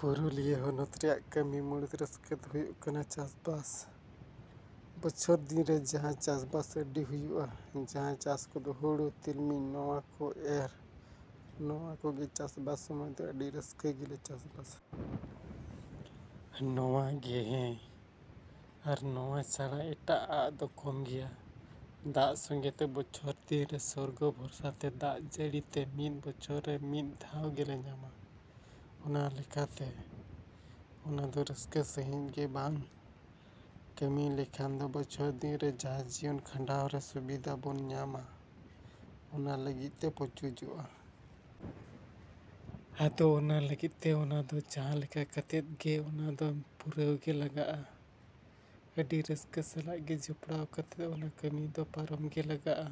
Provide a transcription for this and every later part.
ᱯᱩᱨᱩᱞᱤᱭᱟᱹ ᱦᱚᱱᱚᱛ ᱨᱮᱭᱟᱜ ᱠᱟᱹᱢᱤ ᱢᱩᱬᱩᱫ ᱨᱟᱹᱥᱠᱟᱹ ᱫᱚ ᱦᱩᱭᱩᱜ ᱠᱟᱱᱟ ᱪᱟᱥᱵᱟᱥ᱾ ᱵᱚᱪᱷᱚᱨ ᱫᱤᱱ ᱨᱮ ᱡᱟᱦᱟᱸ ᱪᱟᱥᱵᱟᱥ ᱟᱹᱰᱤ ᱦᱩᱭᱩᱜ-ᱟ, ᱡᱟᱦᱟᱸ ᱪᱟᱥ ᱠᱚᱫᱚ ᱦᱩᱲᱩ, ᱛᱤᱞᱢᱤᱧ ᱱᱚᱣᱟ ᱠᱚ ᱮᱨ ᱱᱚᱣᱟ ᱠᱚᱜᱮ ᱪᱟᱥᱵᱟᱥ ᱥᱚᱢᱚᱭ ᱫᱚ ᱟᱹᱰᱤ ᱨᱟᱹᱥᱠᱟᱹ ᱜᱮᱞᱮ ᱪᱟᱥᱵᱟᱥᱟ᱾ ᱱᱚᱣᱟ ᱜᱮ ᱦᱮᱸ, ᱟᱨ ᱱᱚᱣᱟ ᱪᱷᱟᱲᱟ ᱮᱴᱟᱜ ᱟᱜ ᱫᱚ ᱠᱚᱢ ᱜᱮᱭᱟ᱾ ᱫᱟᱜ ᱥᱚᱝᱜᱮᱛᱮ ᱵᱚᱪᱷᱚᱨ ᱫᱤᱱ ᱨᱮ ᱥᱚᱨᱜᱚ ᱵᱷᱚᱨᱥᱟ ᱛᱚ ᱫᱟᱜ ᱡᱟᱹᱲᱤ ᱛᱮ ᱢᱤᱫ ᱵᱚᱪᱷᱚᱨ ᱨᱮ ᱢᱤᱫ ᱫᱷᱟᱶ ᱜᱮᱞᱮ ᱧᱟᱢᱟ᱾ ᱚᱱᱟ ᱞᱮᱠᱟᱛᱮ ᱚᱱᱟ ᱫᱚ ᱨᱟᱹᱥᱠᱟᱹ ᱥᱟᱺᱦᱤᱡ ᱜᱮ ᱵᱟᱝ ᱠᱟᱹᱢᱤ ᱞᱮᱠᱷᱟᱱ ᱫᱚ ᱵᱚᱪᱷᱚᱨ ᱫᱤᱱ ᱨᱮ ᱡᱟᱦᱟᱸ ᱡᱤᱭᱚᱱ ᱠᱷᱟᱱᱰᱟᱣ ᱨᱮ ᱥᱩᱵᱤᱫᱷᱟ ᱵᱚᱱ ᱧᱟᱢᱟ ᱚᱱᱟ ᱞᱟᱹᱜᱤᱫ ᱛᱮ ᱯᱩᱪᱩᱡᱚᱜ-ᱟ᱾ ᱟᱫᱚ ᱚᱱᱟ ᱞᱟᱹᱜᱤᱫ ᱛᱮ ᱚᱱᱟ ᱫᱚ ᱡᱟᱦᱟᱸ ᱞᱮᱠᱟ ᱠᱟᱛᱮᱫ ᱜᱮ ᱚᱱᱟ ᱫᱚ ᱯᱩᱨᱟᱹᱣ ᱜᱮ ᱞᱟᱜᱟᱜ-ᱟ᱾ ᱟᱹᱰᱤ ᱨᱟᱹᱥᱠᱟᱹ ᱥᱟᱞᱟᱜ ᱜᱮ ᱡᱚᱯᱲᱟᱣ ᱠᱟᱛᱮᱫ ᱚᱱᱟ ᱠᱟᱹᱢᱤ ᱫᱚ ᱯᱟᱨᱚᱢ ᱜᱮ ᱞᱟᱜᱟᱜ-ᱟ᱾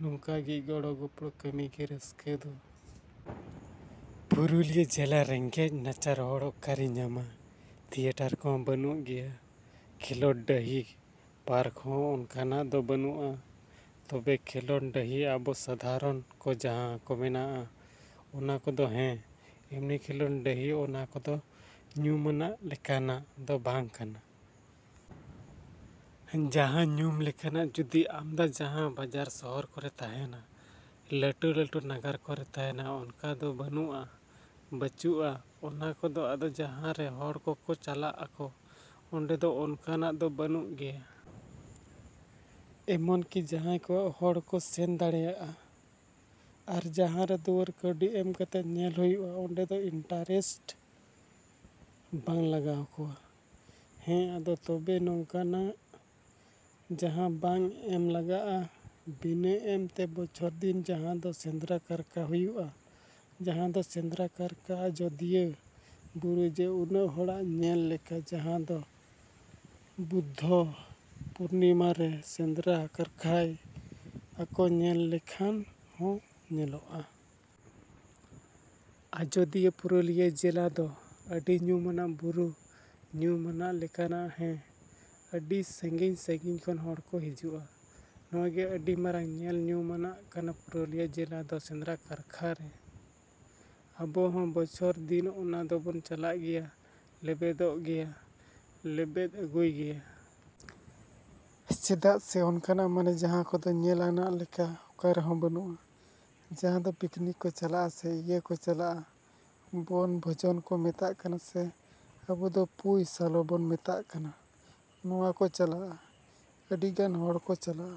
ᱱᱚᱝᱠᱟ ᱜᱮ ᱜᱚᱲᱚ ᱜᱚᱯᱲᱚ ᱠᱟᱹᱢᱤ ᱜᱮ ᱨᱟᱹᱥᱠᱟᱹ ᱫᱚ᱾ ᱯᱩᱨᱩᱞᱤᱭᱟᱹ ᱡᱮᱞᱟ ᱨᱮᱸᱜᱮᱡᱽ ᱱᱟᱪᱟᱨ ᱦᱚᱲ ᱚᱠᱟᱨᱤᱧ ᱧᱟᱢᱟ? ᱛᱷᱤᱭᱮᱴᱟᱨ ᱠᱚᱦᱚᱸ ᱵᱟᱹᱱᱩᱜ ᱜᱮᱭᱟ, ᱠᱷᱮᱞᱳᱰ ᱰᱟᱹᱦᱤ, ᱯᱟᱨᱠ ᱦᱚᱸ ᱚᱱᱠᱟᱱᱟᱜ ᱫᱚ ᱵᱟᱹᱱᱩᱜ-ᱟ᱾ ᱛᱚᱵᱮ ᱠᱷᱮᱞᱳᱰ ᱰᱟᱹᱦᱤ ᱟᱵᱚ ᱥᱟᱫᱷᱟᱨᱚᱱ ᱠᱚ ᱡᱟᱦᱟᱸ ᱠᱚ ᱢᱮᱱᱟᱜ-ᱟ ᱚᱱᱟ ᱠᱚᱫᱚ ᱦᱮᱸ, ᱮᱢᱱᱤ ᱠᱷᱮᱞᱳᱰ ᱰᱟᱹᱦᱤ ᱚᱱᱟ ᱠᱚᱫᱚ ᱧᱩᱢᱟᱱᱟᱜ ᱞᱮᱠᱟᱱᱟᱜ ᱫᱚ ᱵᱟᱝ ᱠᱟᱱᱟ᱾ ᱡᱟᱦᱟᱸ ᱧᱩᱢ ᱞᱮᱠᱟᱱᱟᱜ ᱡᱩᱫᱤ ᱟᱢᱫᱟ ᱡᱟᱦᱟᱸ ᱵᱟᱡᱟᱨ ᱥᱚᱦᱚᱨ ᱠᱚᱨᱮ ᱛᱟᱦᱮᱱᱟ, ᱞᱟᱹᱴᱩ ᱞᱟᱹᱴᱩ ᱱᱟᱜᱟᱨ ᱠᱚᱨᱮ ᱛᱟᱦᱮᱱᱟ ᱚᱱᱠᱟ ᱫᱚ ᱵᱟᱹᱱᱩᱜ-ᱟ, ᱵᱟᱹᱪᱩᱜ-ᱟ ᱚᱱᱟ ᱠᱚᱫᱚ, ᱟᱫᱚ ᱡᱟᱦᱟᱸ ᱨᱮ ᱦᱚᱲ ᱠᱚᱠᱚ ᱪᱟᱞᱟᱜ-ᱟᱠᱚ, ᱚᱸᱰᱮ ᱫᱚ ᱚᱱᱠᱟᱱᱟᱜ ᱫᱚ ᱵᱟᱹᱱᱩᱜ ᱜᱮᱭᱟ᱾ ᱮᱢᱱᱠᱤ ᱡᱟᱦᱟᱸᱭ ᱠᱚᱣᱟᱜ ᱦᱚᱲ ᱠᱚ ᱥᱮᱱ ᱫᱟᱲᱮᱭᱟᱜ-ᱟ ᱟᱨ ᱡᱟᱦᱟᱸ ᱨᱮ ᱫᱩᱣᱟᱹᱨ ᱠᱟᱹᱣᱰᱤ ᱮᱢ ᱠᱟᱛᱮᱫ ᱧᱮᱞ ᱦᱩᱭᱩᱜ-ᱟ ᱚᱸᱰᱮ ᱫᱚ ᱤᱱᱴᱟᱨᱮᱥᱴ ᱵᱟᱝ ᱞᱟᱜᱟᱣ ᱠᱚᱣᱟ᱾ ᱦᱮᱸ, ᱟᱫᱚ ᱛᱚᱵᱮ ᱱᱚᱝᱠᱟᱱᱟᱜ ᱡᱟᱦᱟᱸ ᱵᱟᱝ ᱮᱢ ᱞᱟᱜᱟᱜ-ᱟ, ᱵᱤᱱᱟᱹ ᱮᱢ ᱛᱮ ᱵᱚᱪᱷᱚᱨ ᱫᱤᱱ ᱡᱟᱦᱟᱸ ᱫᱚ ᱥᱮᱸᱫᱽᱨᱟ ᱠᱟᱨᱠᱟ ᱦᱩᱭᱩᱜ-ᱟ, ᱡᱟᱦᱟᱸ ᱫᱚ ᱥᱮᱸᱫᱽᱨᱟ ᱠᱟᱨᱠᱟ ᱟᱡᱳᱫᱤᱭᱟᱹ ᱵᱩᱨᱩ ᱡᱮ ᱩᱱᱟᱹᱜ ᱦᱚᱲᱟᱜ ᱧᱮᱞ ᱞᱮᱠᱟ ᱡᱟᱦᱟᱸ ᱫᱚ ᱵᱩᱫᱽᱫᱷᱚ ᱯᱩᱨᱱᱤᱢᱟ ᱨᱮ ᱥᱮᱸᱫᱽᱨᱟ ᱠᱟᱨᱠᱷᱟᱭ ᱟᱠᱚ ᱧᱮᱞ ᱞᱮᱠᱷᱟᱱ ᱦᱚᱸ ᱧᱮᱞᱚᱜ-ᱟ᱾ ᱟᱡᱳᱫᱤᱭᱟᱹ ᱯᱩᱨᱩᱞᱤᱭᱟᱹ ᱡᱮᱞᱟ ᱫᱚ ᱟᱹᱰᱤ ᱧᱩᱢᱟᱱᱟᱜ ᱵᱩᱨᱩ, ᱧᱩᱢᱟᱱᱟᱜ ᱧᱮᱞᱟᱱᱟᱜ ᱦᱮᱸ, ᱟᱹᱰᱤ ᱥᱟᱺᱜᱤᱧ ᱥᱟᱺᱜᱤᱧ ᱠᱷᱚᱱ ᱦᱚᱲ ᱠᱚ ᱦᱤᱡᱩᱜ-ᱟ᱾ ᱱᱚᱣᱟ ᱜᱮ ᱟᱹᱰᱤ ᱢᱟᱨᱟᱝ ᱧᱮᱞ ᱧᱩᱢᱟᱱᱟᱜ ᱠᱟᱱᱟ ᱯᱩᱨᱩᱞᱤᱭᱟᱹ ᱡᱮᱞᱟ ᱫᱚ ᱥᱮᱸᱫᱽᱨᱟ ᱠᱟᱨᱠᱷᱟ ᱨᱮ᱾ ᱟᱵᱚ ᱦᱚᱸ ᱵᱚᱪᱷᱚᱨ ᱫᱤᱱ ᱚᱱᱟ ᱫᱚᱵᱚᱱ ᱪᱟᱞᱟᱜ ᱜᱮᱭᱟ, ᱞᱮᱵᱮᱫᱚᱜ ᱜᱮᱭᱟ, ᱞᱮᱵᱮᱫ ᱟᱹᱜᱩᱭ ᱜᱮᱭᱟ᱾ ᱪᱮᱫᱟᱜ ᱥᱮ ᱚᱱᱠᱟᱱᱟᱜ ᱢᱟᱱᱮ ᱡᱟᱦᱟᱸ ᱠᱚᱫᱚ ᱧᱮᱞ ᱟᱱᱟᱜ ᱞᱮᱠᱟ ᱚᱠᱟ ᱨᱮᱦᱚᱸ ᱵᱟᱹᱱᱩᱜ-ᱟ᱾ ᱡᱟᱦᱟᱸ ᱫᱚ ᱯᱤᱠᱱᱤᱠ ᱠᱚ ᱪᱟᱞᱟᱜ-ᱟ ᱥᱮ ᱤᱭᱟᱹ ᱠᱚ ᱪᱟᱞᱟᱜ-ᱟ ᱵᱚᱱ ᱵᱷᱳᱡᱚᱱ ᱠᱚ ᱢᱮᱛᱟᱜ ᱠᱟᱱᱟ ᱥᱮ ᱟᱵᱚ ᱫᱚ ᱯᱩᱭ ᱥᱟᱞᱚᱵᱚᱱ ᱢᱮᱛᱟᱜ ᱠᱟᱱᱟ ᱱᱚᱣᱟ ᱠᱚ ᱪᱟᱞᱟᱜ-ᱟ᱾ ᱟᱹᱰᱤ ᱜᱟᱱ ᱦᱚᱲ ᱠᱚ ᱪᱟᱞᱟᱜ-ᱟ᱾